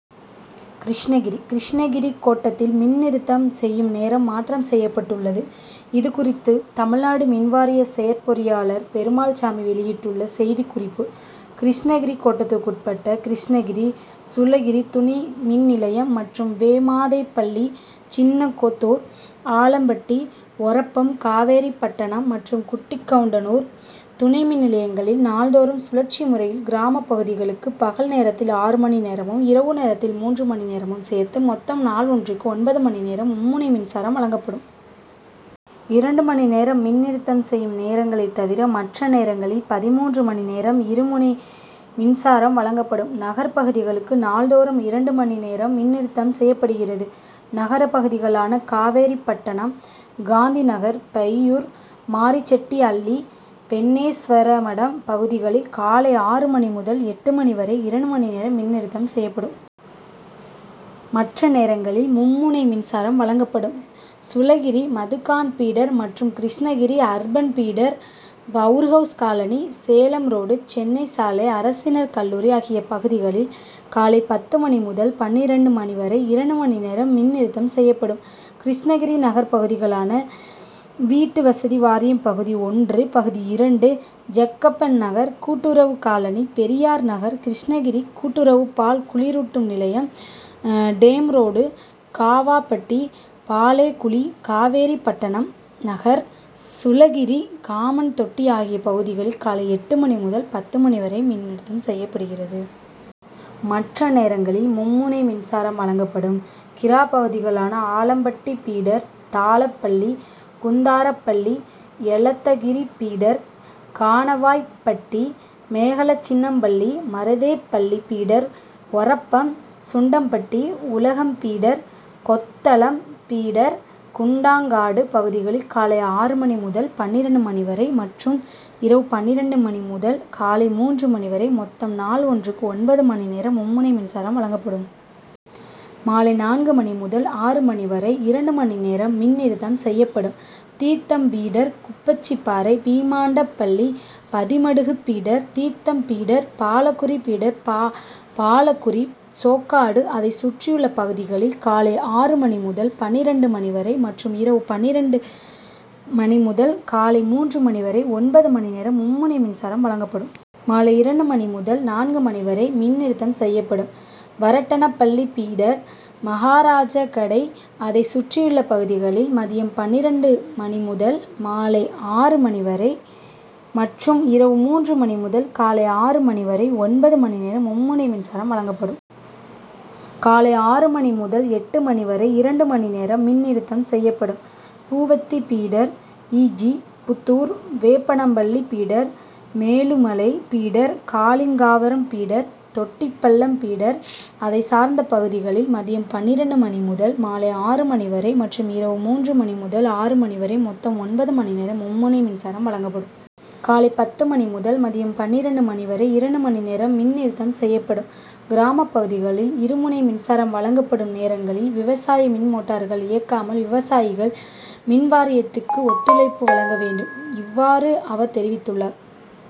கிருஷ்ணகிரி கிருஷ்ணகிரி கோட்டத்தில் மின் நிறுத்தம் செய்யும் நேரம் மாற்றம் செய்யப்பட்டுள்ளது. இது குறித்து தமிழ்நாடு மின்வாரிய செயற்பொறியாளர் பெருமாள்சாமி வெளியிட்டுள்ள செய்திக்குறிப்பு கிருஷ்ணகிரி கோட்டத்துக்குட்பட்ட கிருஷ்ணகிரி, சூளகிரி துணை மின்நிலையம் மற்றும் வே. மாதேப்பள்ளி, சின்னக்கொத்தூர், ஆலப்பட்டி, ஒரப்பம், காவேரிப்பட்டணம் மற்றும் குட்டிகவுன்டனூர் துணை மின் நிலையங்களில் நாள்தோறும் சுழற்சி முறையில் கிராம பகுதிகளுக்கு பகல் நேரத்தில் ஆறு மணி நேரமும், இரவு நேரத்தில் மூன்று மணி நேரமும் சேர்த்து மொத்தம் நாள் ஒன்றுக்கு ஒன்பது மணி நேரம் மும்முனை மின்சாரம் வழங்கப்படும். இரண்டு மணி நேரம் மின் நிறுத்தம் செய்யும் நேரங்களை தவிர மற்ற நேரங்களில் பதின்மூன்று மணி நேரம் இரு முனை மின்சாரம் வழங்கப்படும். நகர் பகுதிகளுக்கு நாள்தோறும் இரண்டு மணி நேரம் மின்நிறுத்தம் செய்யப்படுகிறது. நகர பகுதிகளான காவேரிப்பட்டணம் காந்தி நகர், பையூர், மாரிசெட்டிஅள்ளி, பென்னேஸ்வரமடம் பகுதிகளில் காலை ஆறு மணி முதல் எட்டு மணிவரை இரண்டு மணிநேரம் மின் நிறுத்தம் செய்யப்படும். மற்ற நேரங்களில் மும்முனை மின்சாரம் வழங்கப்படும். சுளகிரி மதுகான்பீடர் மற்றும் Krishnagiri urban feeder, power house colony, Salem road, Chennai சாலை, அரசினர் கல்லூரி ஆகிய பகுதிகளில் காலை பத்து மணி முதல் பன்னிரண்டு மணிவரை இரண்டு மணிநேரம் மின் நிறுத்தம் செய்யப்படும். கிருஷ்ணகிரி நகர் பகுதிகளான வீட்டுவசதி வாரியம் பகுதி ஒன்று, பகுதி இரண்டு, ஜக்கப்பன்நகர், கூட்டுறவு காலனி, பெரியார் நகர், கிருஷ்ணகிரி கூட்டுறவு பால் குளிரூட்டும் நிலையம், டேம்ரோடு, காவாப்பட்டி, பாளேகுளி, காவேரிப்பட்டணம் நகர், சுளகிரி, காமன்தொட்டி ஆகிய பகுதிகளில் காலை எட்டு மணி முதல் பத்து மணி வரை மின் நிறுத்தம் செய்யப்படுகிறது. மற்ற நேரங்களில் மும்முனை மின்சாரம் வழங்கப்படும். கிரா பகுதிகளான Alappatti feeder, Thalapalli, Kundarapalli, Elathagiri feeder, Kanavaipatti, Megalachinnampalli, Maruthepalli feeder, Orappam, Sundampatti, Ulagam feeder, Kothalam feeder, Kundangadu பகுதிகளில் காலை ஆறு மணி முதல் பன்னிரண்டு மணிவரை மற்றும் இரவு பன்னிரண்டு மணி முதல் காலை மூன்று மணிவரை மொத்தம் நாள் ஒன்றுக்கு ஒன்பது மணிநேரம் மும்முனை மின்சாரம் வழங்கப்படும். மாலை நான்கு மணி முதல் ஆறு மணிவரை இரண்டு மணி நேரம் மின் நிறுத்தம் செய்யப்படும். Theertham feeder, Kuppachiparai, Beemandapalli, Pathimadugu feeder, Theertham feeder, Balakuri feeder, Balakuri, Sokkadu அதை சுற்றியுள்ள பகுதிகளில் காலை ஆறு மணி முதல் பன்னிரண்டு மணிவரை மற்றும் இரவு பன்னிரண்டு மணி முதல் காலை மூன்று மணிவரை ஒன்பது மணிநேரம் மும்முனை மின்சாரம் வழங்கப்படும். மாலை இரண்டு மணி முதல் நான்கு மணிவரை மின் நிறுத்தம் செய்யப்படும். வரட்டனப்பள்ளி பீடர், மகாராஜகடை அதை சுற்றியுள்ள பகுதிகளில் மதியம் பன்னிரண்டு மணி முதல் மாலை ஆறு மணிவரை மற்றும் இரவு மூன்று மணி முதல் காலை ஆறு மணிவரை ஒன்பது மணிநேரம் மும்முனை மின்சாரம் வழங்கப்படும். காலை ஆறு மணி முதல் எட்டு மணிவரை இரண்டு மணிநேரம் மின் நிறுத்தம் செய்யப்படும். Poovathi feeder, E. G Puthur, Veppanapalli feeder, Melumalai feeder, Kalingavaram feeder, Thottipallam feeder அதை சார்ந்த பகுதிகளில் மதியம் பன்னிரண்டு மணி முதல் மாலை ஆறு மணிவரை மற்றும் இரவு மூன்று மணி முதல் ஆறு மணி வரை மொத்தம் ஒன்பது மணிநேரம் மும்முனை மின்சாரம் வழங்கப்படும். காலை பத்து மணி முதல் மதியம் பன்னிரண்டு மணிவரை இரண்டு மணிநேரம் மின் நிறுத்தம் செய்யப்படும். கிராம பகுதிகளில் இருமுனை மின்சாரம் வழங்கப்படும் நேரங்களில் விவசாய மின்மோட்டார்கள் இயக்காமல் விவசாயிகள் மின்வாரியத்துக்கு ஒத்துழைப்பு வழங்க வேண்டும். இவ்வாறு அவர் தெரிவித்துள்ளார்.